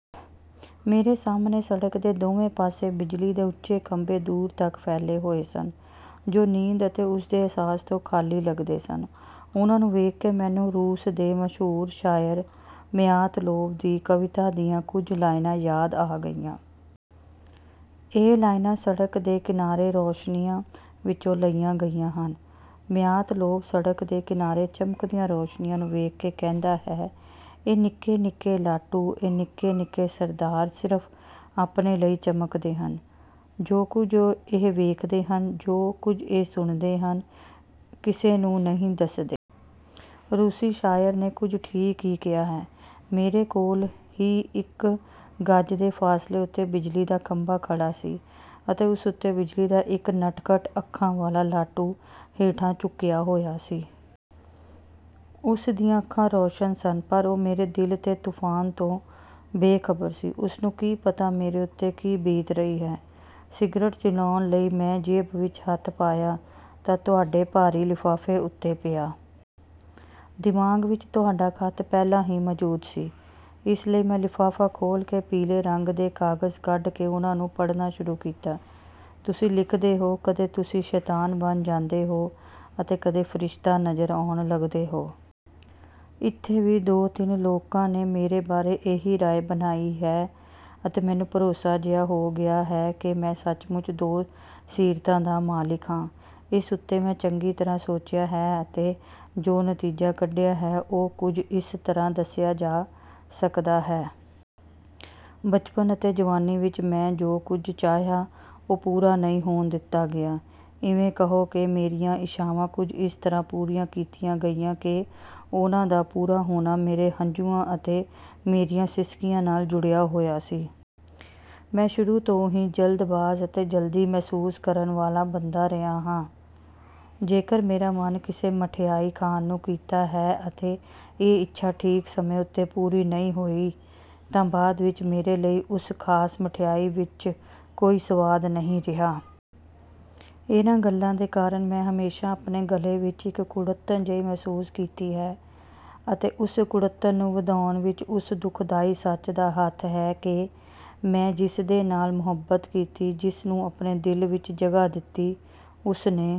ਮੇਰੇ ਸਾਹਮਣੇ ਸੜਕ ਦੇ ਦੋਵੇਂ ਪਾਸੇ ਬਿਜਲੀ ਦੇ ਉੱਚੇ ਖੰਭੇ ਦੂਰ ਤੱਕ ਫੈਲੇ ਹੋਏ ਸਨ ਜੋ ਨੀਂਦ ਅਤੇ ਉਸਦੇ ਅਹਿਸਾਸ ਤੋਂ ਖਾਲੀ ਲੱਗਦੇ ਸਨ। ਉਨ੍ਹਾਂ ਨੂੰ ਵੇਖ ਕੇ ਮੈਨੂੰ ਰੂਸ ਦੇ ਮਸ਼ਹੂਰ ਸ਼ਾਇਰ ਮਯਾਤਲੋਵ ਦੀ ਕਵਿਤਾ ਦੀਆਂ ਕੁਝ ਲਾਈਨਾਂ ਯਾਦ ਆ ਗਈਆਂ। ਇਹ ਲਾਈਨਾਂ 'ਸੜਕ ਦੇ ਕਿਨਾਰੇ ਰੋਸ਼ਨੀਆਂ' ਵਿੱਚੋਂ ਲਈਆਂ ਗਈਆਂ ਹਨ। ਮਯਾਤਲੋਵ ਸੜਕ ਦੇ ਕਿਨਾਰੇ ਚਮਕਦੀਆਂ ਰੋਸ਼ਨੀਆਂ ਨੂੰ ਵੇਖ ਕੇ ਕਹਿੰਦਾ ਹੈ, ਇਹ ਨਿੱਕੇ-ਨਿੱਕੇ ਲਾਟੂ, ਇਹ ਨਿੱਕੇ-ਨਿੱਕੇ ਸਰਦਾਰ ਸਿਰਫ਼ ਆਪਣੇ ਲਈ ਚਮਕਦੇ ਹਨ। ਜੋ ਕੁਝ ਇਹ ਵੇਖਦੇ ਹਨ, ਜੋ ਕੁਝ ਇਹ ਸੁਣਦੇ ਹਨ ਕਿਸੇ ਨੂੰ ਨਹੀਂ ਦੱਸਦੇ। ਰੂਸੀ ਸ਼ਾਇਰ ਨੇ ਕੁਝ ਠੀਕ ਹੀ ਕਿਹਾ ਹੈ। ਮੇਰੇ ਕੋਲ ਹੀ ਇੱਕ ਗਜ਼ ਦੇ ਫਾਸਲੇ ਉੱਤੇ ਬਿਜਲੀ ਦਾ ਖੰਭਾ ਖੜ੍ਹਾ ਸੀ ਅਤੇ ਉਸ ਉੱਤੇ ਬਿਜਲੀ ਦਾ ਇੱਕ ਨਟਖਟ ਅੱਖਾਂ ਵਾਲਾ ਲਾਟੂ ਹੇਠਾਂ ਝੁਕਿਆ ਹੋਇਆ ਸੀ। ਉਸ ਦੀਆਂ ਅੱਖਾਂ ਰੌਸ਼ਨ ਸਨ ਪਰ ਉਹ ਮੇਰੇ ਦਿਲ ਦੇ ਤੂਫਾਨ ਤੋਂ ਬੇਖਬਰ ਸੀ। ਉਸਨੂੰ ਕੀ ਪਤਾ ਮੇਰੇ ਉੱਤੇ ਕੀ ਬੀਤ ਰਹੀ ਹੈ। ਸਿਗਰਟ ਜਲਾਉਣ ਲਈ ਮੈਂ ਜੇਬ ਵਿੱਚ ਹੱਥ ਪਾਇਆ ਤਾਂ ਤੁਹਾਡੇ ਭਾਰੀ ਲਿਫ਼ਾਫ਼ੇ ਉੱਤੇ ਪਿਆ। ਦਿਮਾਗ਼ ਵਿੱਚ ਤੁਹਾਡਾ ਖੱਤ ਪਹਿਲਾਂ ਹੀ ਮੌਜੂਦ ਸੀ। ਇਸ ਲਈ ਮੈਂ ਲਿਫ਼ਾਫ਼ਾ ਖੋਲ੍ਹ ਕੇ ਪੀਲੇ ਰੰਗ ਦੇ ਕਾਗ਼ਜ਼ ਕੱਢ ਕੇ ਉਨ੍ਹਾਂ ਨੂੰ ਪੜ੍ਹਨਾ ਸ਼ੁਰੂ ਕੀਤਾ। ਤੁਸੀਂ ਲਿਖਦੇ ਹੋ, "ਕਦੇ ਤੁਸੀਂ ਸ਼ੈਤਾਨ ਬਣ ਜਾਂਦੇ ਹੋ ਅਤੇ ਕਦੇ ਫਰਿਸ਼ਤਾ ਨਜ਼ਰ ਆਉਣ ਲੱਗਦੇ ਹੋ।" ਇੱਥੇ ਵੀ ਦੋ-ਤਿੰਨ ਲੋਕਾਂ ਨੇ ਮੇਰੇ ਬਾਰੇ ਇਹੀ ਰਾਏ ਬਣਾਈ ਹੈ ਅਤੇ ਮੈਨੂੰ ਭਰੋਸਾ ਜਿਹਾ ਹੋ ਗਿਆ ਹੈ ਕਿ ਮੈਂ ਸੱਚਮੁੱਚ ਦੋ ਸੀਰਤਾਂ ਦਾ ਮਾਲਿਕ ਹਾਂ। ਇਸ ਉੱਤੇ ਮੈਂ ਚੰਗੀ ਤਰ੍ਹਾਂ ਸੋਚਿਆ ਹੈ ਅਤੇ ਜੋ ਨਤੀਜਾ ਕੱਢਿਆ ਹੈ, ਉਹ ਕੁਝ ਇਸ ਤਰ੍ਹਾਂ ਦੱਸਿਆ ਜਾ ਸਕਦਾ ਹੈ। ਬਚਪਨ ਅਤੇ ਜਵਾਨੀ ਵਿੱਚ ਮੈਂ ਜੋ ਕੁਝ ਚਾਹਿਆ, ਉਹ ਪੂਰਾ ਨਹੀਂ ਹੋਣ ਦਿੱਤਾ ਗਿਆ। ਇਵੇਂ ਕਹੋ ਕਿ ਮੇਰੀਆਂ ਇੱਛਾਵਾਂ ਕੁਝ ਇਸ ਤਰ੍ਹਾਂ ਪੂਰੀਆਂ ਕੀਤੀਆਂ ਗਈਆਂ ਕਿ ਉਹਨਾਂ ਦਾ ਪੂਰਾ ਹੋਣਾ ਮੇਰੇ ਹੰਝੂਆਂ ਅਤੇ ਮੇਰੀਆਂ ਸਿਸਕੀਆਂ ਨਾਲ਼ ਜੁੜਿਆ ਹੋਇਆ ਸੀ। ਮੈਂ ਸ਼ੁਰੂ ਤੋਂ ਹੀ ਜਲਦਬਾਜ਼ ਅਤੇ ਜਲਦੀ ਮਹਿਸੂਸ ਕਰਨ ਵਾਲਾ ਬੰਦਾ ਰਿਹਾ ਹਾਂ। ਜੇਕਰ ਮੇਰਾ ਮਨ ਕਿਸੇ ਮਠਿਆਈ ਖਾਣ ਨੂੰ ਕੀਤਾ ਹੈ ਅਤੇ ਇਹ ਇੱਛਾ ਠੀਕ ਸਮੇਂ ਉੱਤੇ ਪੂਰੀ ਨਹੀਂ ਹੋਈ ਤਾਂ ਬਾਅਦ ਵਿੱਚ ਮੇਰੇ ਲਈ ਉਸ ਖ਼ਾਸ ਮਠਿਆਈ ਵਿੱਚ ਕੋਈ ਸਵਾਦ ਨਹੀਂ ਰਿਹਾ। ਇਨ੍ਹਾਂ ਗੱਲਾਂ ਦੇ ਕਾਰਨ ਮੈਂ ਹਮੇਸ਼ਾ ਆਪਣੇ ਗਲੇ ਵਿੱਚ ਇੱਕ ਕੁੜੱਤਣ ਜਿਹੀ ਮਹਿਸੂਸ ਕੀਤੀ ਹੈ ਅਤੇ ਉਸ ਕੁੜੱਤਣ ਨੂੰ ਵਧਾਉਣ ਵਿੱਚ ਉਸ ਦੁਖਦਾਈ ਸੱਚ ਦਾ ਹੱਥ ਹੈ ਕਿ ਮੈਂ ਜਿਸਦੇ ਨਾਲ਼ ਮੁਹੱਬਤ ਕੀਤੀ, ਜਿਸਨੂੰ ਆਪਣੇ ਦਿਲ ਵਿੱਚ ਜਗ੍ਹਾ ਦਿੱਤੀ, ਉਸਨੇ